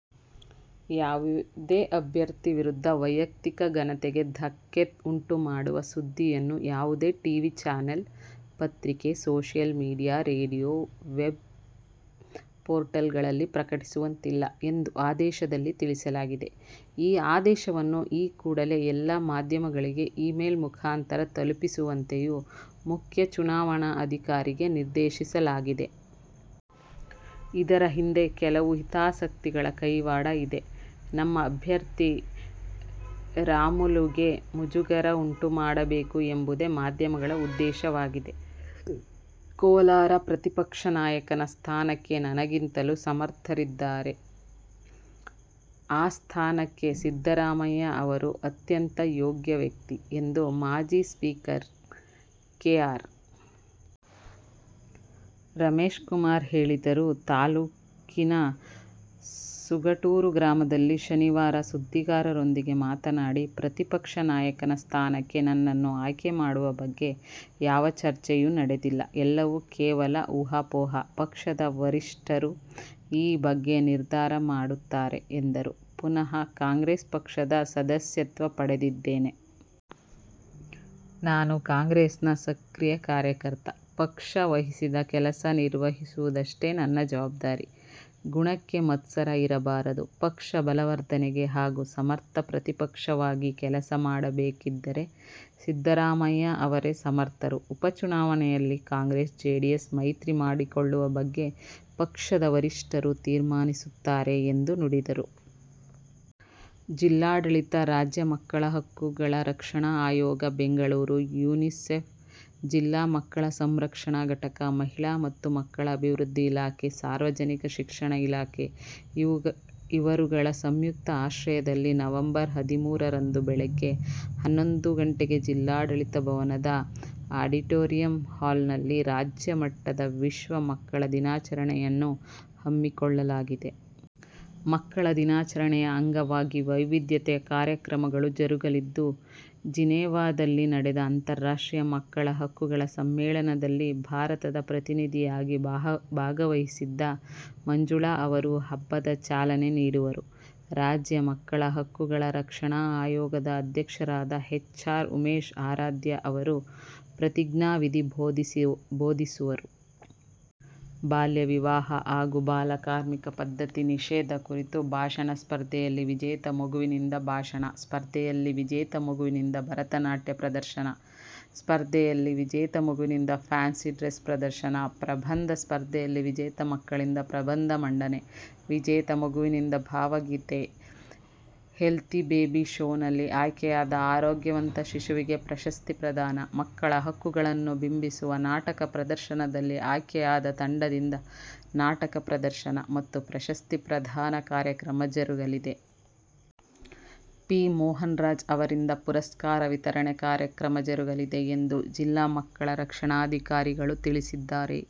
ಯಾವುದೇ ಅಭ್ಯರ್ಥಿ ವಿರುದ್ಧ ವೈಯಕ್ತಿಕ ಘನತೆಗೆ ಧಕ್ಕೆ ಉಂಟು ಮಾಡುವ ಸುದ್ದಿಯನ್ನು ಯಾವುದೇ ಟಿ. ವಿ. ಚಾನೆಲ್, ಪತ್ರಿಕೆ, social media, radio, web portal ಗಳಲ್ಲಿ ಪ್ರಕಟಿಸುವಂತಿಲ್ಲ' ಎಂದು ಆದೇಶದಲ್ಲಿ ತಿಳಿಸಲಾಗಿದೆ. ಈ ಆದೇಶವನ್ನು ಈ ಕೂಡಲೇ ಎಲ್ಲ ಮಾಧ್ಯಮಗಳಿಗೆ ಇಮೇಲ್ ಮಖಾಂತರ ತಲುಪಿಸುವಂತೆಯೂ ಮುಖ್ಯ ಚುನಾವಣಾ ಅಧಿಕಾರಿಗೆ ನಿರ್ದೇಶಿಸಲಾಗಿದೆ. ಇದರ ಹಿಂದೆ ಕೆಲವು ಹಿತಾಸಕ್ತಿಗಳ ಕೈವಾಡ ಇದೆ. ನಮ್ಮ ಅಭ್ಯರ್ಥಿ ರಾಮುಲುಗೆ ಮುಜುಗರ ಉಂಟು ಮಾಡಬೇಕು ಎಂಬುದೇ ಮಾಧ್ಯಮಗಳ ಉದ್ದೇಶವಾಗಿದೆ. ಕೋಲಾರ: 'ಪ್ರತಿಪಕ್ಷ ನಾಯಕನ ಸ್ಥಾನಕ್ಕೆ ನನಗಿಂತಲೂ ಸಮರ್ಥರಿದ್ದಾರೆ. ಆ ಸ್ಥಾನಕ್ಕೆ ಸಿದ್ದರಾಮಯ್ಯ ಅವರು ಅತ್ಯಂತ ಯೋಗ್ಯ ವ್ಯಕ್ತಿ' ಎಂದು ಮಾಜಿ ಸ್ಪೀಕರ್ ಕೆ. ಆರ್. ರಮೇಶ್ಕುಮಾರ್ ಹೇಳಿದರು. ತಾಲ್ಲೂಕಿನ ಸುಗಟೂರು ಗ್ರಾಮದಲ್ಲಿ ಶನಿವಾರ ಸುದ್ದಿಗಾರರೊಂದಿಗೆ ಮಾತನಾಡಿ, 'ಪ್ರತಿಪಕ್ಷ ನಾಯಕನ ಸ್ಥಾನಕ್ಕೆ ನನ್ನನ್ನು ಆಯ್ಕೆ ಮಾಡುವ ಬಗ್ಗೆ ಯಾವ ಚರ್ಚೆಯೂ ನಡೆದಿಲ್ಲ. ಎಲ್ಲವೂ ಕೇವಲ ಊಹಾಪೋಹ. ಪಕ್ಷದ ವರಿಷ್ಠರು ಈ ಬಗ್ಗೆ ನಿರ್ಧಾರ ಮಾಡುತ್ತಾರೆ' ಎಂದರು. 'ಪುನಃ ಕಾಂಗ್ರೆಸ್ ಪಕ್ಷದ ಸದಸ್ಯತ್ವ ಪಡೆದಿದ್ದೇನೆ. ನಾನು ಕಾಂಗ್ರೆಸ್ನ ಸಕ್ರಿಯ ಕಾರ್ಯಕರ್ತ. ಪಕ್ಷ ವಹಿಸಿದ ಕೆಲಸ ನಿರ್ವಹಿಸುವುದಷ್ಟೇ ನನ್ನ ಜವಾಬ್ದಾರಿ. ಗುಣಕ್ಕೆ ಮತ್ಸರ ಇರಬಾರದು. ಪಕ್ಷ ಬಲವರ್ಧನೆಗೆ ಹಾಗೂ ಸಮರ್ಥ ಪ್ರತಿಪಕ್ಷವಾಗಿ ಕೆಲಸ ಮಾಡಬೇಕಿದ್ದರೆ ಸಿದ್ದರಾಮಯ್ಯ ಅವರೇ ಸಮರ್ಥರು. ಉಪ ಚುನಾವಣೆಯಲ್ಲಿ ಕಾಂಗ್ರೆಸ್- ಜೆಡಿಎಸ್ ಮೈತ್ರಿ ಮಾಡಿಕೊಳ್ಳುವ ಬಗ್ಗೆ ಪಕ್ಷದ ವರಿಷ್ಠರು ತೀರ್ಮಾನಿಸುತ್ತಾರೆ' ಎಂದು ನುಡಿದರು. ಜಿಲ್ಲಾಡಳಿತ, ರಾಜ್ಯ ಮಕ್ಕಳ ಹಕ್ಕುಗಳ ರಕ್ಷಣಾ ಆಯೋಗ ಬೆಂಗಳೂರು, ಯೂನಿಸೆಫ್, ಜಿಲ್ಲಾ ಮಕ್ಕಳ ಸಂರಕ್ಷಣಾ ಘಟಕ, ಮಹಿಳಾ ಮತ್ತು ಮಕ್ಕಳ ಅಭಿವೃದ್ದಿ ಇಲಾಖೆ, ಸಾರ್ವಜನಿಕ ಶಿಕ್ಷಣ ಇಲಾಖೆ ಇವು ಇವರುಗಳ ಸಂಯುಕ್ತ ಆಶ್ರಯದಲ್ಲಿ ನವಂಬರ್ ಹದಿಮೂರರಂದು ಬೆಳಿಗ್ಗೆ ಹನ್ನೊಂದು ಗಂಟೆಗೆ ಜಿಲ್ಲಾಡಳಿತ ಭವನದ ಅಡಿಟೋರಿಯಂ ಹಾಲ್ನಲ್ಲಿ ರಾಜ್ಯ ಮಟ್ಟದ ವಿಶ್ವ ಮಕ್ಕಳ ದಿನಾಚರಣೆಯನ್ನು ಹಮ್ಮಿಕೊಳ್ಳಲಾಗಿದೆ. ಮಕ್ಕಳ ದಿನಾಚರಣೆ ಅಂಗವಾಗಿ ವೈವಿಧ್ಯೆತೆ ಕಾರ್ಯಕ್ರಮಗಳು ಜರುಗಲಿದ್ದು, ಜಿನೇವಾದಲ್ಲಿ ನಡೆದ ಅಂತರಾಷ್ಟ್ರೀಯ ಮಕ್ಕಳ ಹಕ್ಕುಗಳ ಸಮ್ಮೇಳನದಲ್ಲಿ ಭಾರತದ ಪ್ರತಿನಿಧಿಯಾಗಿ ಭಾಗವಹಿಸಿದ್ದ ಮಂಜುಳಾ ಅವರು, ಹಬ್ಬದ ಚಾಲನೆ ನೀಡುವರು. ರಾಜ್ಯ ಮಕ್ಕಳ ಹಕ್ಕುಗಳ ರಕ್ಷಣಾ ಆಯೋಗದ ಅಧ್ಯಕ್ಷರಾದ ಹೆಚ್. ಆರ್. ಉಮೇಶ ಆರಾಧ್ಯ ಅವರು ಪ್ರತಿಜ್ಞಾವಿಧಿ ಬೋಧಿಸುವರು. ಬಾಲ್ಯವಿವಾಹ ಹಾಗು ಬಾಲಕಾರ್ಮಿಕ ಪದ್ಧತಿ ನಿಷೇದ ಕುರಿತು ಭಾಷಣ ಸ್ಪರ್ಧೆಯಲ್ಲಿ ವಿಜೇತ ಮಗುವಿನಿಂದ ಭಾಷಣ, ಸ್ಪರ್ಧೆಯಲ್ಲಿ ವಿಜೇತ ಮಗುವಿನಿಂದ ಭರತ ನಾಟ್ಯ ಪ್ರದರ್ಶನ, ಸ್ಪರ್ಧೆಯಲ್ಲಿ ವಿಜೇತ ಮಗುವಿನಿಂದ ಫ್ಯಾನ್ಸಿ ಡ್ರೆಸ್ ಪ್ರದರ್ಶನ, ಪ್ರಬಂಧ ಸ್ಪರ್ಧೆಯಲ್ಲಿ ವಿಜೇತ ಮಕ್ಕಳಿಂದ ಪ್ರಬಂಧ ಮಂಡನೆ, ವಿಜೇತ ಮಗುವಿನಿಂದ ಭಾವಗೀತೆ, ಹೆಲ್ತಿ ಬೇಬಿ ಶೋನಲ್ಲಿ ಆಯ್ಕೆಯಾದ ಆರೋಗ್ಯವಂತ ಶಿಶುವಿಗೆ ಪ್ರಶಸ್ತಿ ಪ್ರದಾನ, ಮಕ್ಕಳ ಹಕ್ಕುಗಳನ್ನು ಬಿಂಬಿಸುವ ನಾಟಕ ಪ್ರದರ್ಶನದಲ್ಲಿ ಆಯ್ಕೆಯಾದ ತಂಡದಿಂದ ನಾಟಕ ಪ್ರದರ್ಶನ ಮತ್ತು ಪ್ರಶಸ್ತಿ ಪ್ರದಾನ ಕಾರ್ಯಕ್ರಮ ಜರುಗಲಿದೆ. ಪಿ. ಮೋಹನರಾಜ್ ಅವರಿಂದ ಪುರಸ್ಕಾರ ವಿತರಣೆ ಕಾರ್ಯಕ್ರಮ ಜರುಗಲಿದೆ ಎಂದು ಜಿಲ್ಲಾ ಮಕ್ಕಳ ರಕ್ಷಣಾಧಿಕಾರಿಗಳು ತಿಳಿಸಿದ್ದಾರೆ.